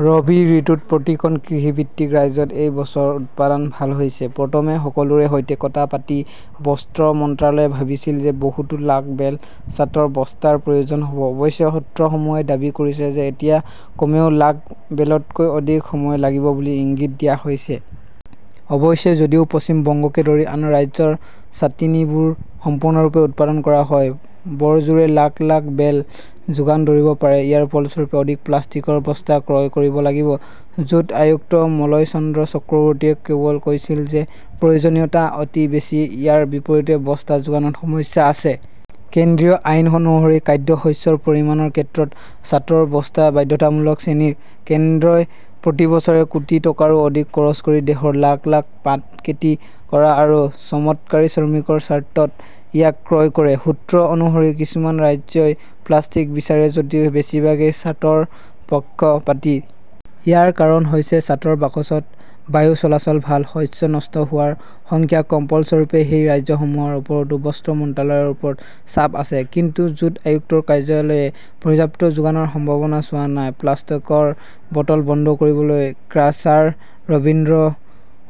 ৰবি ঋতুত প্ৰতিখন কৃষিভিত্তিক ৰাজ্যত এই বছৰ উৎপাদন ভাল হৈছে। প্ৰথমে সকলোৰে সৈতে কথা পাতি বস্ত্ৰ মন্ত্ৰালয়ে ভাবিছিল যে বহুতো লাখ বেল চাটৰ বস্তাৰ প্ৰয়োজন হ 'ব। অৱশ্যে সূত্ৰসমূহে দাবী কৰিছে যে এতিয়া কমেও লাখ বেলতকৈ অধিক সময় লাগিব বুলি ইংগিত দিয়া হৈছে। অৱশ্যে যদিও পশ্চিম বংগকে ধৰি আন ৰাজ্যৰ চাটনিবোৰ সম্পূৰ্ণৰূপে উৎপাদন কৰা হয়। বৰজোৰে লাখ -লাখ বেল যোগান ধৰিব পাৰে। ইয়াৰ ফলস্বৰূপে অধিক প্লাষ্টিকৰ বস্তা ক্ৰয় কৰিব লাগিব। জুট আয়ুক্ত মলয়চন্দ্ৰ চক্ৰৱৰ্তীয়ে কেৱল কৈছিল যে প্ৰয়োজনীয়তা অতি বেছি ইয়াৰ বিপৰীতে বস্তা যোগানত সমস্যা আছে। কেন্দ্ৰীয় আইন অনুসৰি খাদ্য, শস্যৰ পৰিমাণৰ ক্ষেত্ৰত চাটৰ বস্তা বাধ্যতামূলক চেনিৰ। কেন্দ্ৰই প্ৰতি বছৰে কোটি টকাৰো অধিক খৰচ কৰি দেশৰ লাখ -লাখ পাট খেতি কৰা আৰু চমৎকাৰী শ্ৰমিকৰ স্বাৰ্থত ইয়াক ক্ৰয় কৰে। সূত্ৰ অনুসৰি কিছুমান ৰাজ্যই প্লাষ্টিক বিচাৰে যদিও বেছিভাগেই চাটৰ পক্ষপাতী। ইয়াৰ কাৰণ হৈছে চাটৰ বাকচত বায়ু চলাচল ভাল। শস্য নষ্ট হোৱাৰ সংখ্যা কম। ফলস্বৰূপে, সেই ৰাজ্যসমূহৰ ওপৰতো বস্ত্ৰ মন্ত্ৰালয়ৰ ওপৰত চাপ আছে। কিন্তু জুট আয়ুক্তৰ কাৰ্যালয়ে পৰ্যাপ্ত যোগানৰ সম্ভাৱনা চোৱা নাই। প্লাষ্টিকৰ বটল বন্ধ কৰিবলৈ ক্ৰাছাৰ ৰবীন্দ্ৰ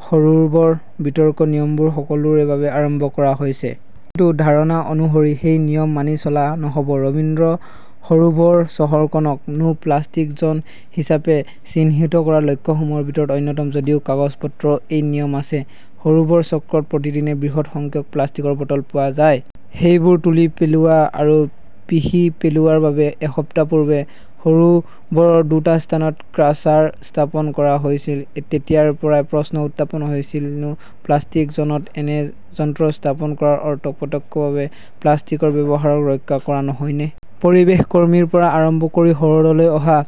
সৰোবৰ বিতৰ্ক নিয়মবোৰ সকলোৰে বাবে আৰম্ভ কৰা হৈছে। কিন্তু ধাৰণা অনুসৰি সেই নিয়ম মানি চলা নহ'ব। ৰবীন্দ্ৰ সৰোবৰ চহৰখনক নো প্লাষ্টিক জ'ন হিচাপে চিহ্নিত কৰা লক্ষ্যসমূহৰ ভিতৰত অন্যতম। যদিও কাগজ-পত্ৰত এই নিয়ম আছে, সৰোবৰ চক্ৰত প্ৰতিদিনে বৃহৎ সংখ্যক প্লাষ্টিকৰ বটল পোৱা যায়। সেইবোৰ তুলি পেলোৱা আৰু পিহি পেলোৱাৰ বাবে এসপ্তাহ পূৰ্বে সৰোবৰৰ দুটা স্থানত ক্ৰাছাৰ স্থাপন কৰা হৈছিল। তেতিয়াৰ পৰাই প্ৰশ্ন উত্থাপন হৈছিল নো প্লাষ্টিক জ'নত এনে যন্ত্ৰ স্থাপন কৰাৰ অৰ্থ প্ৰত্যক্ষভাৱে প্লাষ্টিকৰ ব্যৱহাৰক ৰক্ষা কৰা নহয়নে? পৰিৱেশ কৰ্মীৰ পৰা আৰম্ভ কৰি হ্ৰদলৈ অহা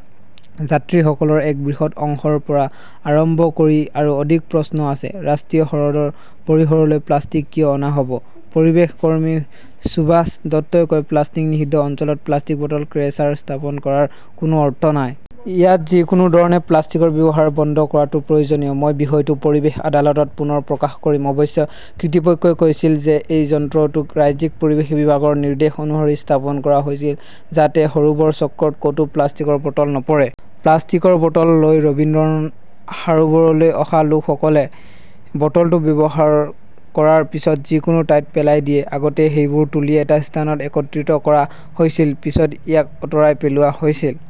যাত্ৰীসকলৰ এক বৃহৎ অংশৰ পৰা আৰম্ভ কৰি আৰু অধিক প্ৰশ্ন আছে, ৰাষ্ট্ৰীয় হ্ৰদৰ পৰিসৰলৈ প্লাষ্টিক কিয় অনা হ 'ব? পৰিৱেশ কৰ্মী সুভাষ দত্তই কয়, প্লাষ্টিক নিষিদ্ধ অঞ্চলত প্লাষ্টিক বটল ক্ৰেচাৰ স্থাপন কৰাৰ কোনো অৰ্থ নাই। ইয়াত যিকোনো ধৰণে প্লাষ্টিকৰ ব্যৱহাৰ বন্ধ কৰাটো প্ৰয়োজনীয়। মই বিষয়টো পৰিৱেশ আদালতত পুনৰ প্ৰকাশ কৰিম। অৱশ্যে কৃতিপক্ষই কৈছিল যে এই যন্ত্ৰটো ৰাজ্যিক পৰিৱেশ বিভাগৰ নিৰ্দেশ অনুসৰি স্থাপন কৰা হৈছিল যাতে সৰোবৰ চক্ৰত ক'তো প্লাষ্টিকৰ বটল নপৰে। প্লাষ্টিকৰ বটল লৈ ৰবীন্দ্ৰ সৰোবৰলৈ অহা লোকসকলে বটলটো ব্যৱহাৰ কৰাৰ পিছত যিকোনো ঠাইতে পেলাই দিয়ে। আগতে সেইবোৰ তুলি এটা স্থানত একত্ৰিত কৰা হৈছিল। পিছত ইয়াক আঁতৰাই পেলোৱা হৈছিল।